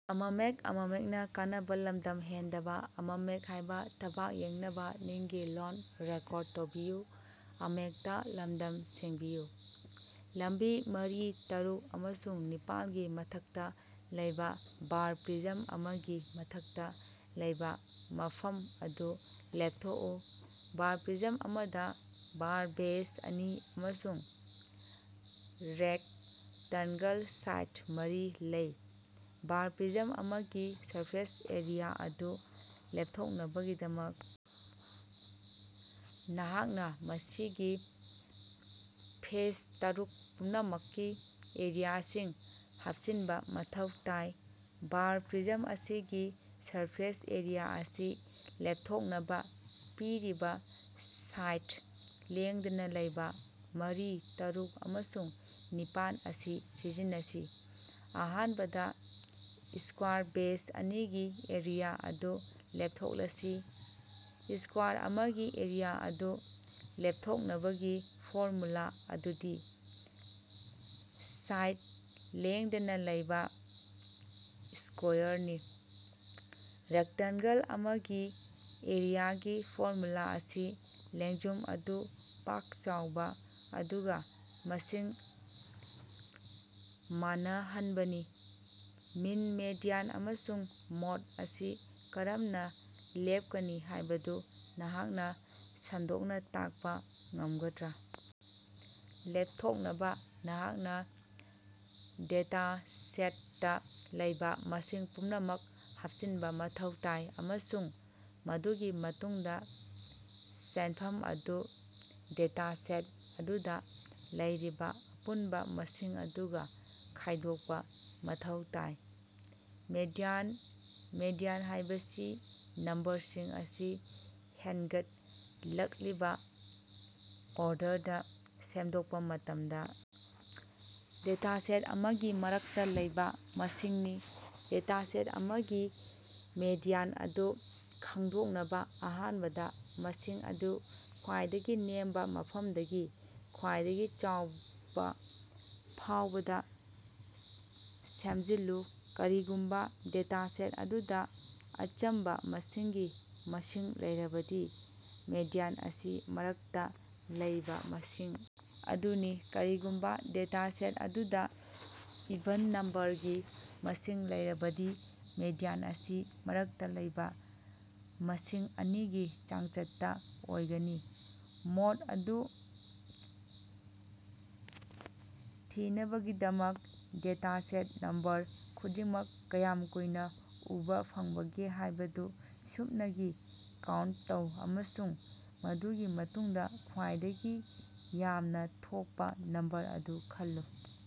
ꯂꯝꯕꯤ ꯃꯔꯤ, ꯇꯔꯨꯛ ꯑꯃꯁꯨꯡ ꯅꯤꯄꯥꯜꯒꯤ ꯃꯊꯛꯇ ꯂꯩꯕ ꯕꯥꯔ ꯄ꯭ꯔꯤꯖꯝ ꯑꯃꯒꯤ ꯃꯊꯛꯇ ꯂꯩꯕ ꯃꯐꯝ ꯑꯗꯨ ꯂꯦꯞꯊꯣꯛꯎ꯫ ꯕꯥꯔ ꯄ꯭ꯔꯤꯖꯝ ꯑꯃꯗ ꯕꯥꯔ ꯕꯦꯖ ꯑꯅꯤ ꯑꯃꯁꯨꯡ ꯔꯦꯛꯇꯟꯒꯜ ꯁꯥꯏꯗ ꯃꯔꯤ ꯂꯩ꯫ ꯕꯥꯔ ꯄ꯭ꯔꯤꯖꯝ ꯑꯃꯒꯤ ꯁꯔꯐꯦꯁ ꯑꯦꯔꯤꯌꯥ ꯑꯗꯨ ꯂꯦꯞꯊꯣꯛꯅꯕꯒꯤꯗꯃꯛ, ꯅꯍꯥꯛꯅ ꯃꯁꯤꯒꯤ ꯐꯦꯁ ꯇꯔꯨꯛ ꯄꯨꯝꯅꯃꯛꯀꯤ ꯑꯦꯔꯤꯌꯥꯁꯤꯡ ꯍꯥꯞꯆꯤꯟꯕ ꯃꯊꯧ ꯇꯥꯏ꯫ꯕꯥꯔ ꯄ꯭ꯔꯤꯖꯝ ꯑꯁꯤꯒꯤ ꯁꯔꯐꯦꯁ ꯑꯦꯔꯤꯌꯥ ꯑꯁꯤ ꯂꯦꯞꯊꯣꯛꯅꯕ, ꯄꯤꯔꯤꯕ ꯁꯥꯏꯗ ꯂꯦꯡꯗꯅ‌ ꯂꯩꯕ ꯃꯔꯤ, ꯇꯔꯨꯛ, ꯑꯃꯁꯨꯡ ꯅꯤꯄꯥꯟ ꯑꯁꯤ ꯁꯤꯖꯤꯟꯅꯁꯤ꯫ ꯑꯍꯥꯟꯕꯗ, ꯁꯀ꯭ꯋꯥꯔ ꯕꯦꯖ ꯑꯅꯤꯒꯤ ꯑꯦꯔꯤꯌꯥ ꯑꯗꯨ ꯂꯦꯞꯊꯣꯛꯂꯁꯤ: ꯁꯀ꯭ꯋꯥꯔ ꯑꯃꯒꯤ ꯑꯦꯔꯤꯌꯥ ꯑꯗꯨ ꯂꯦꯞꯊꯣꯛꯅꯕꯒꯤ ꯐꯣꯔꯃꯨꯂꯥ ꯑꯗꯨꯗꯤ ꯁꯥꯏꯗ ꯂꯦꯡꯗꯅ ꯂꯩꯕ ꯁ꯭ꯀꯣꯌꯔꯅꯤ꯫ ꯔꯦꯛꯇꯟꯒꯜ ꯑꯃꯒꯤ ꯑꯦꯔꯤꯌꯥꯒꯤ ꯐꯣꯔꯃꯨꯂꯥ ꯑꯁꯤ ꯂꯦꯡꯖꯨꯝ ꯑꯗꯨ ꯄꯥꯛ ꯆꯥꯎꯕ ꯑꯗꯨꯒ ꯃꯁꯤꯡ ꯃꯥꯟꯅꯍꯟꯕꯅꯤ꯫ ꯃꯤꯟ ꯃꯦꯗꯤꯌꯥꯟ ꯑꯃꯁꯨꯡ ꯃꯣꯗ ꯑꯁꯤ ꯀꯔꯝꯅ ꯂꯦꯞꯀꯅꯤ ꯍꯥꯏꯕꯗꯨ ꯅꯍꯥꯛꯅ ꯁꯟꯗꯣꯛꯅ ꯇꯥꯛꯄ ꯉꯝꯒꯗ꯭ꯔꯥ? ꯂꯦꯞꯊꯣꯛꯅꯕ, ꯅꯍꯥꯛꯅ ꯗꯦꯇꯥꯁꯦꯇꯠꯇ ꯂꯩꯕ ꯃꯁꯤꯡ ꯄꯨꯝꯅꯃꯛ ꯍꯥꯞꯆꯤꯟꯕ ꯃꯊꯧ ꯇꯥꯏ ꯑꯃꯁꯨꯡ ꯃꯗꯨꯒꯤ ꯃꯇꯨꯡꯗ ꯁꯦꯟꯐꯝ ꯑꯗꯨ ꯗꯦꯇꯥꯁꯦꯠ ꯑꯗꯨꯗ ꯂꯩꯔꯤꯕ ꯑꯄꯨꯟꯕ ꯃꯁꯤꯡ ꯑꯗꯨꯒ ꯈꯥꯏꯗꯣꯛꯄ ꯃꯊꯧ ꯇꯥꯏ꯫ ꯃꯦꯗꯤꯌꯥꯟ - ꯃꯦꯗꯤꯌꯥꯟ ꯍꯥꯏꯕꯁꯤ ꯅꯝꯕꯔꯁꯤꯡ ꯑꯁꯤ ꯍꯦꯟꯒꯠꯂꯛꯂꯤꯕ ꯑꯣꯔꯗꯔꯗ ꯁꯦꯝꯗꯣꯛꯄ ꯃꯇꯝꯗ ꯗꯦꯇꯥꯁꯦꯠ ꯑꯃꯒꯤ ꯃꯔꯛꯇ ꯂꯩꯕ ꯃꯁꯤꯡꯅꯤ꯫ ꯗꯦꯇꯥ ꯁꯦꯠ ꯑꯃꯒꯤ ꯃꯦꯗꯤꯌꯥꯟ ꯑꯗꯨ ꯈꯪꯗꯣꯛꯅꯕ, ꯑꯍꯥꯟꯕꯗ ꯃꯁꯤꯡ ꯑꯗꯨ ꯈ꯭ꯋꯥꯏꯗꯒꯤ ꯅꯦꯝꯕ ꯃꯐꯝꯗꯒꯤ ꯈ꯭ꯋꯥꯏꯗꯒꯤ ꯆꯥꯎꯕ ꯐꯥꯎꯕꯗ ꯁꯦꯝꯖꯤꯜꯂꯨ꯫ ꯀꯔꯤꯒꯨꯝꯕ ꯗꯦꯇꯥꯁꯦꯠ ꯑꯗꯨꯗ ꯑꯆꯝꯕ ꯃꯁꯤꯡꯒꯤ ꯃꯁꯤꯡ ꯂꯩꯔꯕꯗꯤ, ꯃꯦꯗꯤꯌꯥꯟ ꯑꯁꯤ ꯃꯔꯛꯇ ꯂꯩꯕ ꯃꯁꯤꯡ ꯑꯗꯨꯅꯤ꯫ ꯀꯔꯤꯒꯨꯝꯕꯥ ꯗꯦꯇꯥꯁꯦꯠ ꯑꯗꯨꯗ ꯏꯚꯟ ꯅꯝꯕꯔꯒꯤ ꯃꯁꯤꯡ ꯂꯩꯔꯕꯗꯤ, ꯃꯦꯗꯤꯌꯥꯟ ꯑꯁꯤ ꯃꯔꯛꯇ ꯂꯩꯕꯥ ꯃꯁꯤꯡ ꯑꯅꯤꯒꯤ ꯆꯥꯡꯆꯠꯇ ꯑꯣꯏꯒꯅꯤ꯫ ꯃꯣꯗ ꯑꯗꯨ ꯊꯤꯅꯕꯒꯤꯗꯃꯛ, ꯗꯦꯇꯥꯁꯦꯠꯇ ꯅꯝꯕꯔ ꯈꯨꯗꯤꯡꯃꯛ ꯀꯌꯥꯝ ꯀꯨꯏꯅ ꯎꯕꯥ ꯐꯪꯕꯒꯦ ꯍꯥꯏꯕꯗꯨ ꯁꯨꯞꯅꯒꯤ ꯀꯥꯎꯟꯇ ꯇꯧ, ꯑꯃꯁꯨꯡ ꯃꯗꯨꯒꯤ ꯃꯇꯨꯡꯗ ꯈ꯭ꯋꯥꯏꯗꯒꯤ ꯌꯥꯝꯅ ꯊꯣꯛꯄ ꯅꯝꯕꯔ ꯑꯗꯨ ꯈꯜꯂꯨ꯫